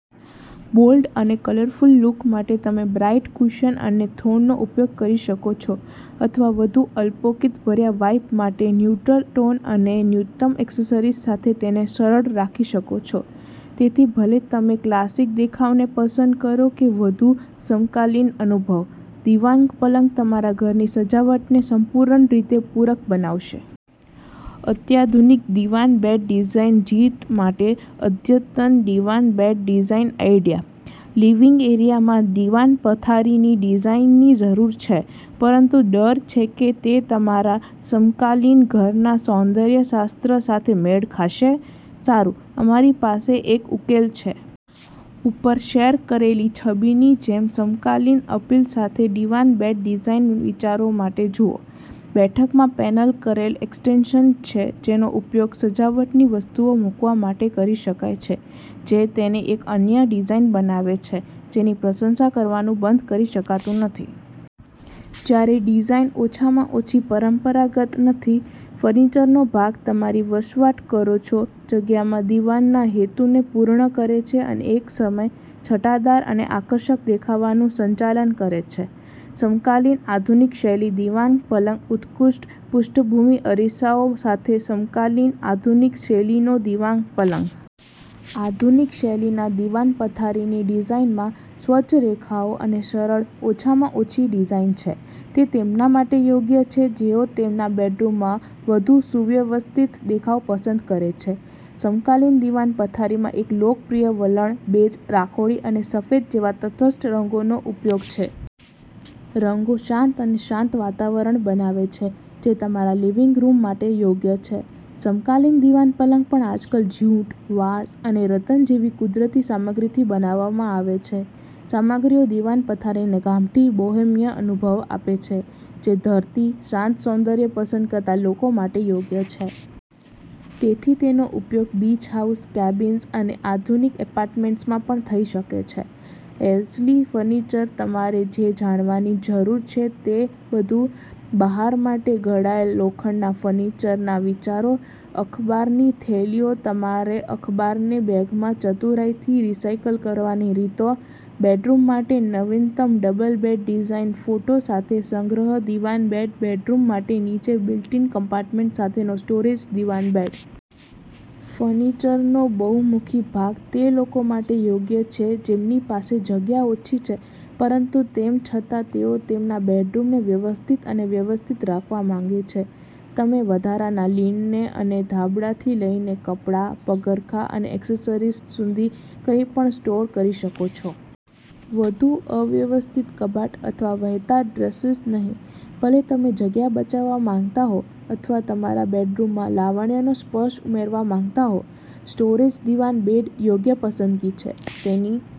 Bold અને colourful look માટે તમે બ્રાઈટ કુશન અને થ્રોનો ઉપયોગ કરી શકો છો અથવા વધુ અલ્પોક્તિભર્યા વાઈબ માટે ન્યૂટ્રલ ટોન અને ન્યૂનતમ એક્સેસરીઝ સાથે તેને સરળ રાખી શકો છો. તેથી, ભલે તમે ક્લાસિક દેખાવને પસંદ કરો કે વધુ સમકાલીન અનુભવ, દીવાન પલંગ તમારા ઘરની સજાવટને સંપૂરણ રીતે પૂરક બનાવશે. અત્યાધુનિક દિવાન બેડ ડિઝાઇન જીત માટે અદ્યતન દિવાન બેડ ડિઝાઇન આઇડિયા! લિવિંગ એરિયામાં દીવાન પથારીની ડિઝાઈનની જરૂર છે, પરંતુ ડર છે કે તે તમારા સમકાલીન ઘરના સૌંદર્ય શાસ્ત્ર સાથે મેળખાશે? સારું, અમારી પાસે એક ઉકેલ છે! ઉપર શેર કરેલી છબીની જેમ સમકાલીન અપીલ સાથે દીવાન બેડ ડિઝાઇન વિચારો માટે જુઓ. બેઠકમાં પેનલ કરેલ એક્સ્ટેંશન છે જેનો ઉપયોગ સજાવટની વસ્તુઓ મૂકવા માટે કરી શકાય છે જે તેને એક અન્ય ડિઝાઇન બનાવે છે જેની પ્રશંસા કરવાનું બંધ કરી શકાતું નથી. જ્યારે ડિઝાઇન ઓછામાં ઓછી પરંપરાગત નથી, ફર્નિચરનોભાગ તમારી વસવાટ કરો છો જગ્યામાં દીવાનના હેતુને પૂર્ણ કરે છે અને એકસમયે છટાદાર અને આકર્ષક દેખાવાનું સંચાલન કરે છે! સમકાલીન આધુનિક શૈલી દીવાન પલંગ ઉત્કૃષ્ટ પૃષ્ઠભૂમિ અરીસાઓ સાથે સમકાલીન આધુનિક-શૈલીનો દીવાન પલંગ. આધુનિક-શૈલીના દીવાન પથારીની ડિઝાઇનમાં સ્વચ્છ રેખાઓ અને સરળ, ઓછામાં ઓછી ડિઝાઇન છે. તે તેમના માટે યોગ્ય છે જેઓ તેમના બેડરૂમમાં વધુ સુવ્યવસ્થિત દેખાવ પસંદ કરે છે. સમકાલીન દીવાન પથારીમાં એક લોકપ્રિય વલણ બેજ, રાખોડી અને સફેદ જેવા તટસ્થ રંગોનો ઉપયોગ છે. રંગો શાંત અને શાંત વાતાવરણ બનાવે છે, જે તમારા લિવિંગ રૂમ માટે યોગ્ય છે. સમકાલીન દીવાન પલંગ પણ આજકાલ જ્યુટ, વાંસ અને રતન જેવી કુદરતી સામગ્રીથી બનાવવામાં આવે છે. સામગ્રીઓ દીવાન પથારીને ગામઠી, બોહેમિયન અનુભવ આપે છે, જે ધરતી, શાંત સૌંદર્યને પસંદ કરતા લોકો માટે યોગ્ય છે. તેથી, તેનો ઉપયોગ બીચ હાઉસ, કેબિન્સ અને આધુનિક એપાર્ટમેન્ટ્સમાં પણ થઈ શકે છે. એશલી ફર્નિચરતમારે જે જાણવાની જરૂર છે તે બધું, બહાર માટે ઘડાયેલા લોખંડના ફર્નિચરના વિચારો, અખબારની થેલીઓતમારા અખબારને બેગમાં ચતુરાઈથી રિસાયકલ કરવાની રીતો, બેડરૂમ માટે નવીનતમ ડબલ બેડ ડિઝાઇનફોટા સાથે, સંગ્રહ દીવાન બેડ બેડરૂમ માટે નીચે બિલ્ટ-ઇન કમ્પાર્ટમેન્ટ સાથેનો સ્ટોરેજ દીવાન બેડ. ફર્નિચરનોબહુમુખી ભાગ તે લોકો માટે યોગ્ય છે જેમની પાસે જગ્યા ઓછી છે પરંતુ તેમ છતાં તેઓ તેમના બેડરૂમને વ્યવસ્થિત અને વ્યવસ્થિત રાખવા માંગે છે. તમે વધારાના લિનને અને ધાબળાથી લઈને કપડાં, પગરખાં અને એસેસરીઝ સુધી કંઈપણ સ્ટોર કરી શકો છો. વધુ અવ્યવસ્થિત કબાટ અથવા વહેતા ડ્રેસર્સ નહીં! ભલે તમે જગ્યા બચાવવા માંગતા હોવ અથવા તમારા બેડરૂમમાં લાવણ્યનો સ્પર્શ ઉમેરવા માંગતા હો, સ્ટોરેજ દીવાન બેડયોગ્ય પસંદગી છે. તેની